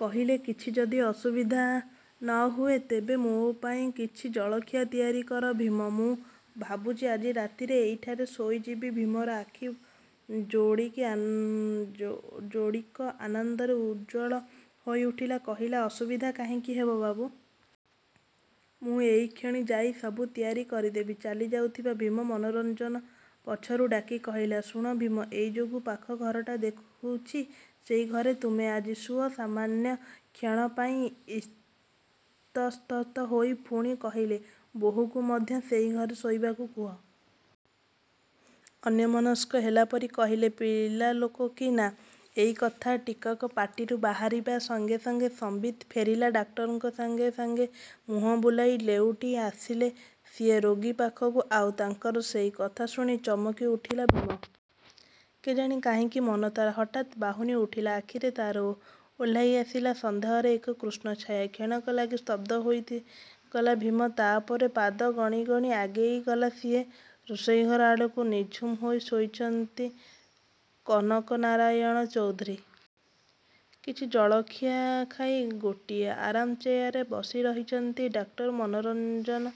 କହିଲେ – କିଛି ଯଦି ଅସୁବିଧା ନ ହୁଏ ତେବେ ମୋ ପାଇଁ କିଛି ଜଳଖିଆ ତିଆରି କର ଭୀମ। ମୁଁ ଭାବୁଛି, ଆଜି ରାତିରେ ଏଇଠାରେ ଶୋଇଯିବି। ଭୀମର ଆଖି ଯୋଡ଼ିକ ଆନନ୍ଦରେ ଉଜ୍ଜ୍ୱଳ ହୋଇ ଉଠିଲା। କହିଲା, ଅସୁବିଧା କାହିଁକି ହେବ ବାବୁ। ମୁଁ ଏଇକ୍ଷଣି ଯାଇ ସବୁ ତିଆରି କରିଦେବି। ଚାଲି ଯାଉଥିଲା ଭୀମ, ମନୋରଞ୍ଜନ ପଛରୁ ଡାକି କହିଲେ ଶୁଣ ଭୀମ! ଏଇ ଯେଉଁ ପାଖ ଘରଟା ଦେଖୁଛି, ସେଇ ଘରେ ତୁମେ ଆଜି ଶୁଅ। ସାମାନ୍ୟ କ୍ଷଣ ପାଇଁ ଇତସ୍ତତଃ ହୋଇ ପୁଣି କହିଲେ ବୋହୂକୁ ମଧ୍ୟ ସେଇ ଘରେ ଶୋଇବାକୁ କୁହ। ଅନ୍ୟମନସ୍କ ହେଲା ପରି କହିଲେ ପିଲାଲୋକ କି ନା। ଏଇ କଥା ଟିକକ ପାଟିରୁ ବାହାରିବା ସଙ୍ଗେ ସଙ୍ଗେ ସମ୍ବିତ ଫେରିଲା ଡାକ୍ତରଙ୍କର। ସାଙ୍ଗେ ସାଙ୍ଗେ ମୁହଁ ବୁଲାଇ ଲେଉଟି ଆସିଲେ ସିଏ ରୋଗୀ ପାଖକୁ। ଆଉ ତାଙ୍କର ସେଇ କଥା ଶୁଣି ଚମକି ଉଠିଲା ଭୀମ। କେଜାଣି କାହିଁକି ମନ ତା'ର ହଠାତ୍ ବାହୁନି ଉଠିଲା। ଆଖିରେ ତା'ର ଓହ୍ଲାଇ ଆସିଲା ସନ୍ଦେହର ଏକ କୃଷ୍ଣଛାୟା। କ୍ଷଣକ ଲାଗି ସ୍ତବ୍ଧ ହୋଇଗଲା ଭୀମ। ତା' ପରେ, ପାଦ ଗଣି ଗଣି ଆଗେଇ ଗଲା ସିଏ ରୋଷେଇ ଘର ଆଡ଼କୁ। ନିଝୁମ ହୋଇ ଶୋଇ ରହିଛନ୍ତି କନକନାରାୟଣ ଚୌଧୁରୀ। କିଛି ଜଳଖିଆ ଖାଇ ଗୋଟିଏ ଆରାମ ଚେୟାରରେ ବସି ରହିଛନ୍ତି ଡାକ୍ତର ମନୋରଞ୍ଜନ।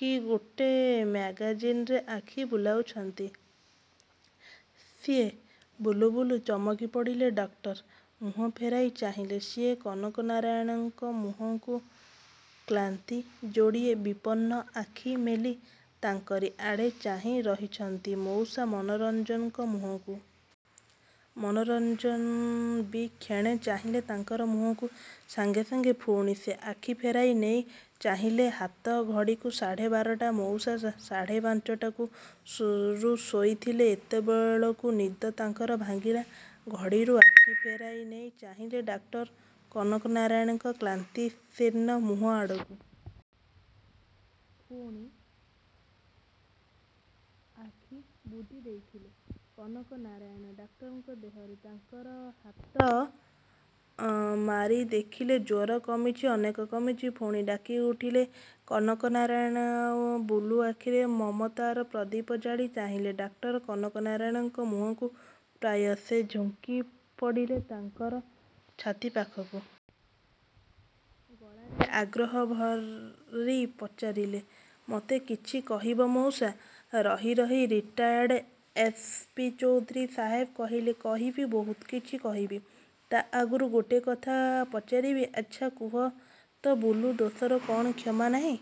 କି ଗୋଟେ ମ୍ୟାଗାଜିନ୍‌ରେ ଆଖି ବୁଲାଉଛନ୍ତି ସିଏ। ବୁଲୁ ବୁଲୁ ଚମକି ପଡ଼ିଲେ ଡାକ୍ତର। ମୁହଁ ଫେରାଇ ଚାହିଁଲେ ସିଏ କନକନାରାୟଣଙ୍କ ମୁହଁକୁ। କ୍ଳାନ୍ତି ଯୋଡ଼ିଏ ବିପନ୍ନ ଆଖି ମେଲି ତାଙ୍କରି ଆଡ଼େ ଚାହିଁ ରହିଛନ୍ତି ମଉସା ମନୋରଞ୍ଜନଙ୍କ ମୁହଁକୁ। ମନୋରଞ୍ଜନ ବି କ୍ଷଣେ ଚାହିଁଲେ ତାଙ୍କର ମୁହଁକୁ। ସାଙ୍ଗେ ସାଙ୍ଗେ ପୁଣି ସେ ଆଖି ଫେରାଇ ନେଇ ଚାହିଁଲେ ହାତ ଘଡ଼ିକୁ। ସାଢ଼େ ବାରଟା। ମଉସା ସାଢ଼େ ପାଞ୍ଚଟାରୁ ଶୋଇଥିଲେ। ଏତେବେଳକୁ ନିଦ ତାଙ୍କର ଭାଙ୍ଗିଲା। ଘଡ଼ିରୁ ଆଖି ଫେରାଇ ନେଇ ଚାହିଁଲେ ଡାକ୍ତର କନକନାରାୟଣଙ୍କର କ୍ଳାନ୍ତ ଶୀର୍ଣ୍ଣ ମୁହଁ ଆଡ଼କୁ। ପୁଣି ଆଖି ବୁଜି ଦେଇଥିଲେ କନକନାରାୟଣ। ଡାକ୍ତର ଦେହରେ ତାଙ୍କର ହାତ ମାରି ଦେଖିଲେ ଜ୍ୱର କମିଛି, ଅନେକ କମିଛି। ପୁଣି ଡାକି ଉଠିଲେ କନକନାରାୟଣ ବୁଲୁ। ଆଖିରେ ମମତାର ପ୍ରଦୀପ ଜାଳି ଚାହିଁଲେ ଡାକ୍ତର କନକନାରାୟଣଙ୍କ ମୁହଁକୁ। ପ୍ରାୟ ସେ ଝୁଙ୍କି ପଡ଼ିଲେ ତାଙ୍କର ଛାତି ପାଖକୁ। ଗଳାରେ ଆଗ୍ରହ ଭରି ପଚାରିଲେ ମତେ କିଛି କହିବ ମଉସା? ରହି ରହି ରିଟାୟାର୍ଡ ଏସ୍. ପି. ଚୌଧୁରୀ ସାହେବ କହିଲେ କହିବି, ବହୁତ କିଛି କହିବି। ତା' ଆଗରୁ ଗୋଟେ କଥା ପଚାରିବି। ଆଚ୍ଛା, କୁହ ତ ବୁଲୁ, ଦୋଷର କ'ଣ କ୍ଷମା ନାହିଁ?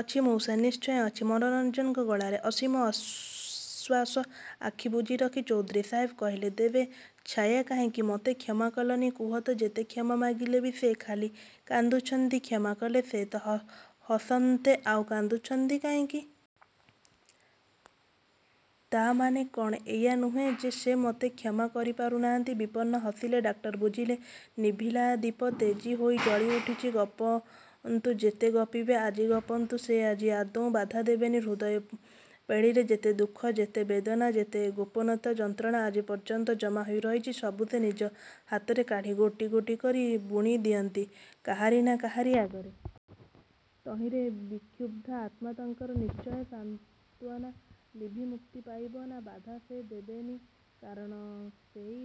ଅଛି ମଉସା, ନିଶ୍ଚୟ ଅଛି। ମନୋରଞ୍ଜନଙ୍କ ଗଳାରେ ଅସୀମ ଆଶ୍ୱାସ। ଆଖି ବୁଜି ରଖି ଚୌଧୁରୀ ସାହେବ କହିଲେ ତେବେ ଛାୟା କାହିଁକି ମତେ କ୍ଷମା କଲେନି କୁହ ତ? ଯେତେ କ୍ଷମା ମାଗିଲେ ବି ସେ ଖାଲି କାନ୍ଦୁଛନ୍ତି। କ୍ଷମା କଲେ ସେ ତ ହସନ୍ତେ ଆଉ କାନ୍ଦୁଛନ୍ତି କାହିଁକି? ତା' ମାନେ କ'ଣ ଏଇଆ ନୁହେଁ ଯେ ସେ ମତେ କ୍ଷମା କରି ପାରୁନାହାନ୍ତି। ବିପନ୍ନ ହସିଲେ ଡାକ୍ତର ବୁଝିଲେ ନିଭିଲା ଦୀପ ତେଜି ହୋଇ ଜଳି ଉଠିଛି। ଗପନ୍ତୁ, ଯେତେ ଗପିବେ ଆଜି ଗପନ୍ତୁ। ସେ ଆଜି ଆଦୌ ବାଧା ଦେବେନି। ହୃଦୟ ପେଡ଼ିରେ ଯେତେ ଦୁଃଖ, ଯେତେ ବେଦନା, ଯେତେ ଗୋପନତାର ଯନ୍ତ୍ରଣା ଆଜି ପର୍ଯ୍ୟନ୍ତ ଜମା ହୋଇ ରହିଛି, ସବୁ ସେ ନିଜ ହାତରେ କାଢ଼ି ଗୋଟି ଗୋଟି କରି ବୁଣି ଦିଅନ୍ତି କାହାରି ନା କାହାରି ଆଗରେ। ତହିଁରେ ବିକ୍ଷୁବ୍ଧ ଆତ୍ମା ତାଙ୍କର ନିଶ୍ଚୟ ସାନ୍ତ୍ୱନା ଲଭି ମୁକ୍ତି ପାଇବ। ନା ବାଧା ସେ ଦେବନି। କାରଣ ସେଇ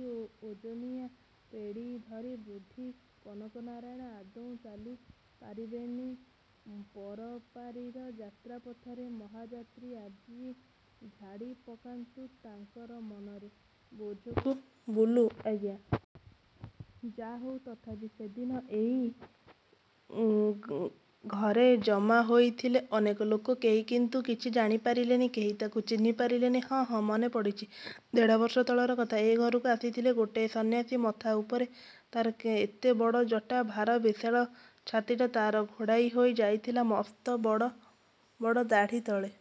ଓଜନିଆ ପେଡ଼ି ଧରି ବୃଦ୍ଧ କନକନାରାୟଣ ଆଦୌ ଚାଲି ପାରିବେନି ପରପାରିର ଯାତ୍ରାପଥରେ। ମହାଯାତ୍ରୀ ଆଜି ଝାଡ଼ି ପକାନ୍ତୁ ତାଙ୍କର ମନର ବୋଝକୁ। ବୁଲୁ ଆଜ୍ଞା। ଯାହାହେଉ ତଥାପି ସେଦିନ ଏଇ ଘରେ ଜମା ହୋଇଥିଲେ ଅନେକ ଲୋକ। କେହି କିନ୍ତୁ କିଛି ଜାଣି ପାରିଲେନି। କେହି ତାକୁ ଚିହ୍ନି ପାରିଲେନି। ହଁ, ହଁ, ମନେ ପଡ଼ିଛି। ଦେଢ଼ ବର୍ଷ ତଳର କଥା। ଏ ଘରକୁ ଆସିଥିଲା ଗୋଟିଏ ସନ୍ନ୍ୟାସୀ। ମଥା ଉପରେ ତା'ର ଏତେ ବଡ଼ ଜଟା ଭାର, ବିଶାଳ ଛାତିଟା ତା'ର ଘୋଡ଼ାଇ ହୋଇ ଯାଇଥିଲା ମସ୍ତ ବଡ଼ ବଡ଼ ଦାଢ଼ି ତଳେ।